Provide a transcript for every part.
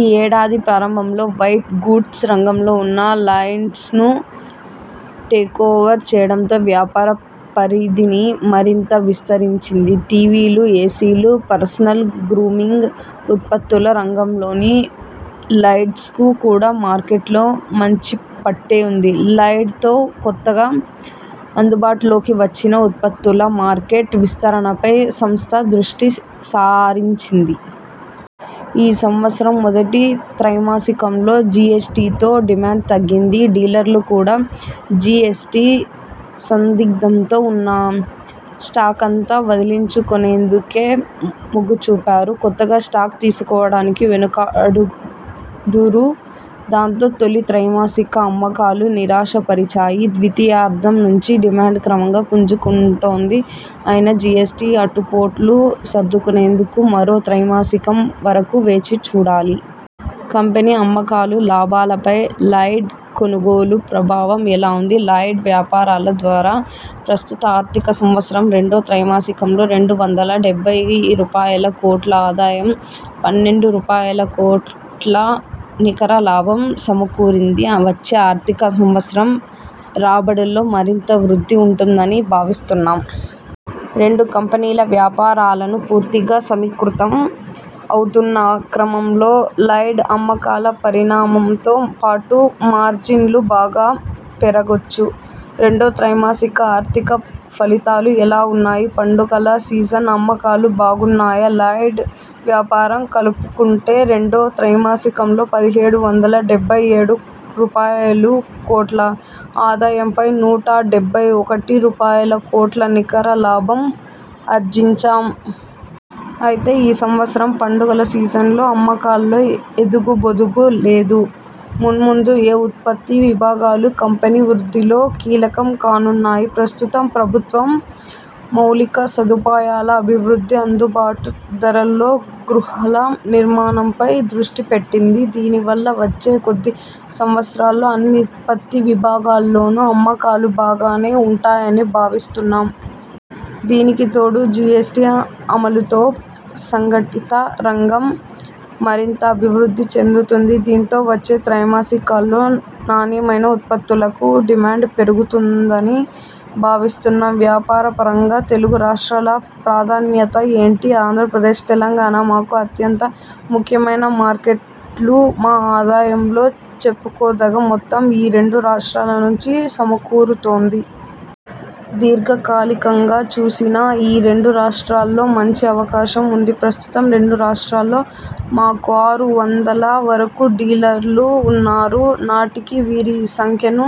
ఈ ఏడాది ప్రారంభంలో వైట్ గూడ్స్ రంగంలో ఉన్న లాయిడ్స్ను టేకోవర్ చేయడంతో వ్యాపార పరిధిని మరింత విస్తరించింది. టీవీలు, ఏసీలు, పర్సనల్ గ్రూమింగ్ ఉత్పత్తుల రంగంలోని లాయిడ్స్కు కూడా మార్కెట్లో మంచి పట్టే ఉంది. లాయిడ్ తో కొత్తగా అందుబాటులోకి వచ్చిన ఉత్పత్తుల మార్కెట్ విస్తరణపై సంస్థ దృష్టి సారించింది. ఈ సంవత్సరం మొదటి త్రైమాసికంలో జీఎస్టీతో డిమాండ్ తగ్గింది. డీలర్లు కూడా జిఎ్సటి సందిగ్ధంతో ఉన్న స్టాకంతా వదిలించుకునేందుకే మొగ్గు చూపారు. కొత్తగా స్టాక్ తీసుకోవడానికి వెనుకాడు దురు. దాంతో తొలి త్రైమాసిక అమ్మకాలు నిరాశపరిచాయి ద్వితీయార్ధం నుంచి డిమాండ్ క్రమంగా పుంజు కుంటోంది. అయినా జిఎ్సటి ఆటు పోట్లు సర్దుకునేందుకు మరో త్రైమాసికం వరకు వేచి చూడాలి. కంపెనీ అమ్మకాలు, లాభాలపై 'లాయిడ్' కొనుగోలు ప్రభావం ఎలా ఉంది? లాయిడ్ వ్యాపారాల ద్వారా ప్రస్తుత ఆర్థిక సంవత్సరం రెండో త్రైమాసికంలో రెండు వందల డెబ్బై రూపాయల కోట్ల ఆదాయం, పన్నెండు రూపాయల కోట్ల నికర లాభం సమకూరింది. ఆ వచ్చే ఆర్థిక సంవత్సరం రాబడుల్లో మరింత వృద్ధి ఉంటుందని భావిస్తున్నాం. రెండు కంపెనీల వ్యాపారాలను పూర్తిగా సమీకృతం అవుతున్న క్రమంలో లాయిడ్ అమ్మకాల పరిణామంతో పాటు మార్జిన్లు బాగా పెరగొచ్చు. రెండో త్రైమాసిక ఆర్థిక ఫలితాలు ఎలా ఉన్నాయి? పండగల సీజన్ అమ్మకాలు బాగున్నాయా? లాయిడ్ వ్యాపారం కలుపుకుంటే రెండో త్రైమాసికంలో పదిహేడు వందల డెబ్బై ఏడు రూపాయలుకోట్ల ఆదాయంపై నూట డెబ్బై ఒకటి రూపాయల కోట్ల నికర లాభం ఆర్జించాం. అయితే ఈ సంవత్సరం పండగల సీజన్లో అమ్మకాల్లో ఎదుగూ బొదుగు లేదు. మున్ముందు ఏ ఉత్పత్తి విభాగాలు కంపెనీ వృద్ధిలో కీలకం కానున్నాయి? ప్రస్తుతం ప్రభుత్వం మౌలిక సదుపాయాల అభివృద్ధి, అందుబాటు ధరల్లో గృహాల నిర్మాణంపై దృష్టి పెట్టింది. దీనివల్ల వచ్చే కొద్ది సంవత్సరాల్లో అన్ని ఉత్పత్తి విభాగాల్లోనూ అమ్మకాలు బాగానే ఉంటాయని భావిస్తున్నాం. దీనికి తోడు జిఎ్సటి అమలుతో సంఘటిత రంగం మరింత అభివృద్ధి చెందుతుంది. దీంతో వచ్చే త్రైమాసికాల్లో నాణ్యమైన ఉత్పత్తులకు డిమాండ్ పెరుగుతుందని భావిస్తున్నాం. వ్యాపారపరంగా తెలుగు రాష్ట్రాల ప్రాధాన్యత ఏంటి? ఆంధ్రప్రదేశ్, తెలంగాణ మాకు అత్యంత ముఖ్యమైన మార్కెట్లు. మా ఆదాయంలో చెప్పుకోదగ్గ మొత్తం ఈ రెండు రాష్ట్రాల నుంచి సమకూరుతోంది. దీర్ఘ కాలికంగా చూసినా, ఈ రెండు రాష్ట్రాల్లో మంచి అవకాశం ఉంది. ప్రస్తుతం రెండు రాష్ట్రాల్లో మాకు ఆరు వందల వరకు డీలర్లు ఉన్నారు. నాటికి వీరి సంఖ్యను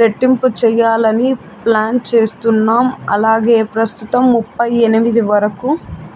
రెట్టింపు చేయాలని ప్లాన్ చేస్తున్నాం. అలాగే ప్రస్తుతం ముప్పై ఎనిమిది వరకు